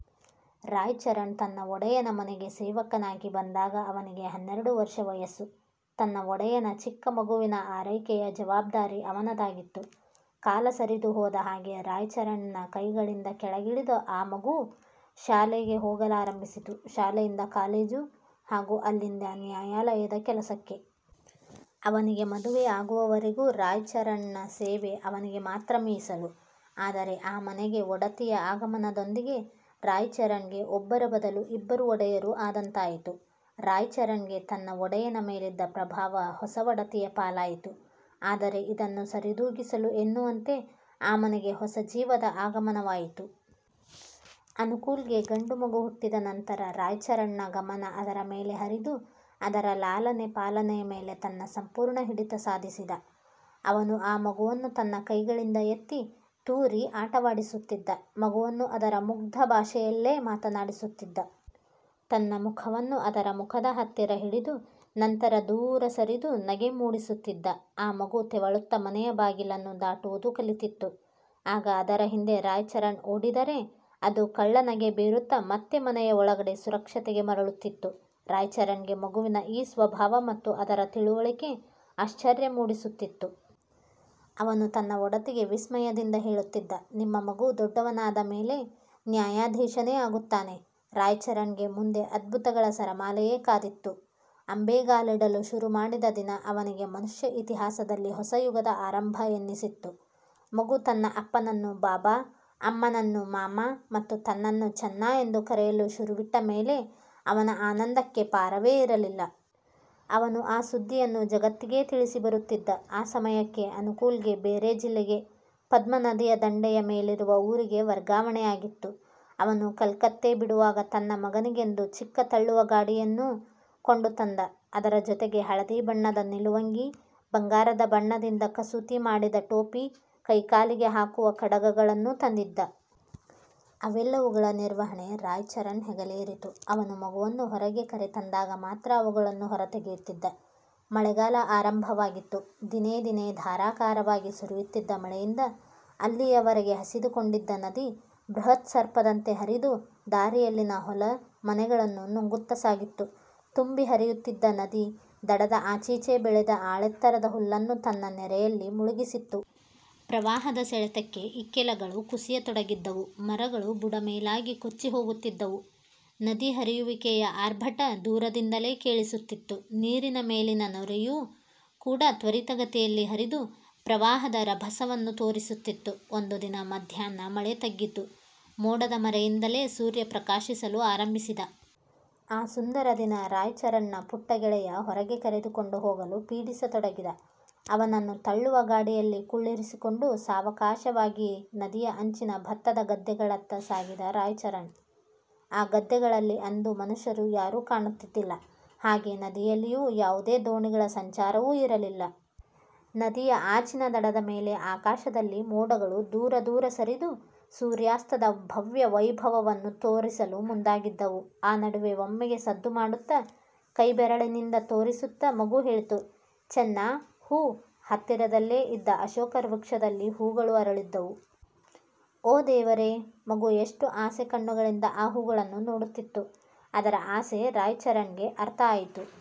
ರಾಯಚರಣ್ ತನ್ನ ಒಡೆಯನ ಮನೆಗೆ ಸೇವಕನಾಗಿ ಬಂದಾಗ, ಅವನಿಗೆ ಹನ್ನೆರಡು ವರ್ಷ ವಯಸ್ಸು. ತನ್ನ ಒಡೆಯನ ಚಿಕ್ಕ ಮಗುವಿನ ಆರೈಕೆಯ ಜವಾಬ್ದಾರಿ ಅವನದಾಗಿತ್ತು. ಕಾಲ ಸರಿದು ಹೋದ ಹಾಗೆ ರಾಯಚರಣ್ ನ ಕೈಗಳಿಂದ ಕೆಳಗಿಳಿದ ಆ ಮಗು ಶಾಲೆಗೆ ಹೋಗಲಾರಂಭಿಸಿತು. ಶಾಲೆಯಿಂದ ಕಾಲೇಜು ಹಾಗೂ ಅಲ್ಲಿಂದ ನ್ಯಾಯಾಲಯದ ಕೆಲಸಕ್ಕೆ. ಅವನಿಗೆ ಮದುವೆ ಆಗುವವರೆಗೂ ರಾಯಚರಣ್ ನ ಸೇವೆ ಅವನಿಗೆ ಮಾತ್ರ ಮೀಸಲು. ಆದರೆ ಆ ಮನೆಗೆ ಒಡತಿಯ ಆಗಮನದೊಂದಿಗೆ, ರಾಯಚರಣ್ ಗೆ ಒಬ್ಬರ ಬದಲು ಇಬ್ಬರು ಒಡೆಯರು ಆದಂತಾಯಿತು. ರಾಯಚರಣ್ ಗೆ ತನ್ನ ಒಡೆಯನ ಮೇಲಿದ್ದ ಪ್ರಭಾವ ಹೊಸ ಒಡತಿಯ ಪಾಲಾಯಿತು. ಆದರೆ ಇದನ್ನು ಸರಿದೂಗಿಸಲು ಎನ್ನುವಂತೆ, ಆ ಮನೆಗೆ ಹೊಸ ಜೀವದ ಆಗಮನವಾಯಿತು. ಅನುಕೂಲ್ ಗೆ ಗಂಡು ಮಗು ಹುಟ್ಟಿದ ನಂತರ, ರಾಯಚರಣ್ ನ ಗಮನ ಅದರ ಮೇಲೆ ಹರಿದು, ಅದರ ಲಾಲನೆ, ಪಾಲನೆಯ ಮೇಲೆ ತನ್ನ ಸಂಪೂರ್ಣ ಹಿಡಿತ ಸಾಧಿಸಿದ. ಅವನು ಆ ಮಗುವನ್ನು ತನ್ನ ಕೈಗಳಿಂದ ಎತ್ತಿ, ತೂರಿ ಆಟವಾಡಿಸುತ್ತಿದ್ದ. ಮಗುವನ್ನು ಅದರ ಮುಗ್ಧ ಭಾಷೆಯಲ್ಲೇ ಮಾತನಾಡಿಸುತ್ತಿದ್ದ. ತನ್ನ ಮುಖವನ್ನು ಅದರ ಮುಖದ ಹತ್ತಿರ ಹಿಡಿದು, ನಂತರ ದೂರ ಸರಿದು ನಗೆ ಮೂಡಿಸುತ್ತಿದ್ದ. ಆ ಮಗು ತೆವಳುತ್ತ ಮನೆಯ ಬಾಗಿಲನ್ನು ದಾಟುವುದು ಕಲಿತಿತ್ತು. ಆಗ ಅದರ ಹಿಂದೆ ರಾಯಚರಣ್ ಓಡಿದರೆ, ಅದು ಕಳ್ಳ ನಗೆ ಬೀರುತ್ತ ಮತ್ತೆ ಮನೆಯ ಒಳಗಡೆಯ ಸುರಕ್ಷತೆಗೆ ಮರಳುತ್ತಿತ್ತು. ರಾಯಚರಣ್ ಗೆ ಮಗುವಿನ ಈ ಸ್ವಭಾವ ಮತ್ತು ಅದರ ತಿಳುವಳಿಕೆ ಆಶ್ಚರ್ಯ ಮೂಡಿಸುತ್ತಿತ್ತು. ಅವನು ತನ್ನ ಒಡತಿಗೆ ವಿಸ್ಮಯದಿಂದ ಹೇಳುತ್ತಿದ್ದ "ನಿಮ್ಮ ಮಗು ದೊಡ್ಡವನಾದ ಮೇಲೆ ನ್ಯಾಯಾಧೀಶನೇ ಆಗುತ್ತಾನೆ! " ರಾಯಚರಣ್ ಗೆ ಮುಂದೆ ಅದ್ಭುತಗಳ ಸರಮಾಲೆಯೇ ಕಾದಿತ್ತು. ಮಗು ಅಂಬೆಗಾಲಿಡಲು ಶುರು ಮಾಡಿದ ದಿನ, ಅವನಿಗೆ ಮನುಷ್ಯ ಇತಿಹಾಸದಲ್ಲಿ ಹೊಸ ಯುಗದ ಆರಂಭ ಎನ್ನಿಸಿತ್ತು. ಮಗು ತನ್ನ ಅಪ್ಪನನ್ನು "ಬಾಬಾ", ಅಮ್ಮನನ್ನು "ಮಾಮಾ" ಮತ್ತು ತನ್ನನ್ನು "ಚನ್ನಾ" ಎಂದು ಕರೆಯಲು ಶುರುವಿಟ್ಟ ಮೇಲೆ ಅವನ ಆನಂದಕ್ಕೆ ಪಾರವೇ ಇರಲಿಲ್ಲ. ಅವನು ಆ ಸುದ್ದಿಯನ್ನು ಜಗತ್ತಿಗೇ ತಿಳಿಸಿ ಬರುತ್ತಿದ್ದ. ಆ ಸಮಯಕ್ಕೆ ಅನುಕೂಲ್ ಗೆ ಬೇರೆ ಜಿಲ್ಲೆಗೆ ಪದ್ಮ ನದಿಯದಂಡೆಯ ಮೇಲಿರುವ ಊರಿಗೆ ವರ್ಗಾವಣೆ ಆಗಿತ್ತು. ಅವನು ಕಲ್ಕತ್ತೆ ಬಿಡುವಾಗ, ತನ್ನ ಮಗನಿಗೆಂದು, ಚಿಕ್ಕ ತಳ್ಳುವ ಗಾಡಿಯನ್ನು ಕೊಂಡು ತಂದ. ಅದರ ಜೊತೆಗೆ ಹಳದಿ ಬಣ್ಣದ ನಿಲುವಂಗಿ, ಬಂಗಾರದ ಬಣ್ಣದಿಂದ ಕಸೂತಿ ಮಾಡಿದ ಟೋಪಿ, ಕೈ, ಕಾಲಿಗೆ ಹಾಕುವ ಕಡಗಗಳನ್ನೂ ತಂದಿದ್ದ. ಅವೆಲ್ಲವುಗಳ ನಿರ್ವಹಣೆ ರಾಯಚರಣ್ ಹೆಗಲೇರಿತು. ಅವನು ಮಗುವನ್ನು ಹೊರಗೆ ಕರೆ ತಂದಾಗ ಮಾತ್ರ ಅವುಗಳನ್ನು ಹೊರ ತೆಗೆಯುತ್ತಿದ್ದ. ಮಳೆಗಾಲ ಆರಂಭವಾಗಿತ್ತು. ದಿನೇ ದಿನೇ ಧಾರಾಕಾರವಾಗಿ ಸುರಿಯುತ್ತಿದ್ದ ಮಳೆಯಿಂದ, ಅಲ್ಲಿಯವೆರೆಗೆ ಹಸಿದುಕೊಂಡಿದ್ದ ನದಿ, ಬೃಹತ್ ಸರ್ಪದಂತೆ ಹರಿದು, ದಾರಿಯಲ್ಲಿನ ಹೊಲ, ಮನೆಗಳನ್ನು ನುಂಗುತ್ತಸಾಗಿತ್ತು. ತುಂಬಿ ಹರಿಯುತ್ತಿದ್ದ ನದಿ, ದಡದ ಆಚೀಚೆ ಬೆಳೆದ ಆಳೆತ್ತರದ ಹುಲ್ಲನ್ನು ತನ್ನ ನೆರೆಯಲ್ಲಿ ಮುಳುಗಿಸಿತ್ತು. ಪ್ರವಾಹದ ಸೆಳೆತಕ್ಕೆ ಇಕ್ಕೆಲಗಳು ಕುಸಿಯತೊಡಗಿದ್ದವು. ಮರಗಳು ಬುಡ ಮೇಲಾಗಿ ಕೊಚ್ಚಿ ಹೋಗುತ್ತಿದ್ದವು. ನದಿ ಹರಿಯುವಿಕೆಯ ಆರ್ಭಟ ದೂರದಿಂದಲೇ ಕೇಳಿಸುತ್ತಿತ್ತು. ನೀರಿನ ಮೇಲಿನ ನೊರೆಯೂ ಕೂಡ ತ್ವರಿತ ಗತಿಯಲ್ಲಿ ಹರಿದು, ಪ್ರವಾಹದ ರಭಸವನ್ನು ತೋರಿಸುತ್ತಿತ್ತು. ಒಂದು ದಿನ ಮಧ್ಯಾಹ್ನ ಮಳೆ ತಗ್ಗಿತು, ಮೋಡದ ಮರೆಯಿಂದಲೇ ಸೂರ್ಯ ಪ್ರಕಾಶಿಸಲು ಆರಂಭಿಸಿದ. ಆ ಸುಂದರ ದಿನ ರಾಯಚರಣ್ ನ ಪುಟ್ಟ ಗೆಳೆಯ ಹೊರಗೆ ಕರೆದುಕೊಂಡು ಹೋಗಲು ಪೀಡಿಸತೊಡಗಿದ. ಅವನನ್ನು ತಳ್ಳುವ ಗಾಡಿಯಲ್ಲಿ ಕುಳ್ಳಿರಿಸಿಕೊಂಡು, ಸಾವಕಾಶವಾಗಿ ನದಿಯ ಅಂಚಿನ ಭತ್ತದ ಗದ್ದೆಗಳತ್ತ ಸಾಗಿದ ರಾಯಚರಣ್. ಆ ಗದ್ದೆಗಳಲ್ಲಿ ಅಂದು ಮನುಷ್ಯರು ಯಾರು ಕಾಣುತ್ತಿದ್ದಿಲ್ಲ. ಹಾಗೆಯೇ ನದಿಯಲ್ಲಿಯೂ ಯಾವುದೇ ದೋಣಿಗಳ ಸಂಚಾರವೂ ಇರಲಿಲ್ಲ. ನದಿಯ ಆಚಿನ ದಡದ ಮೇಲೆ, ಆಕಾಶದಲ್ಲಿ ಮೋಡಗಳು ದೂರ ದೂರ ಸರಿದು, ಸೂರ್ಯಾಸ್ತದ ಭವ್ಯ ವೈಭವವನ್ನು ತೋರಿಸಲು ಮುಂದಾಗಿದ್ದವು. ಆ ನಡುವೆ, ಒಮ್ಮೆಗೆ ಸದ್ದು ಮಾಡುತ್ತ, ಕೈ ಬೆರಳಿನಿಂದ ತೋರಿಸುತ್ತ ಮಗು ಹೇಳಿತು "ಚ-ನ್ನಾ, ಹೂ! " ಹತ್ತಿರದಲ್ಲೆ ಇದ್ದ ಅಶೋಕ ವೃಕ್ಷದಲ್ಲಿ ಹೂಗಳು ಅರಳಿದ್ದವು. ಓ ದೇವರೇ, ಮಗು ಎಷ್ಟು ಆಸೆ ಕಣ್ಣುಗಳಿಂದ ಆ ಹೂಗಳನ್ನು ನೋಡುತ್ತಿತ್ತು. ಅದರ ಆಸೆ ರಾಯಚರಣ್ ಗೆ ಅರ್ಥ ಆಯಿತು.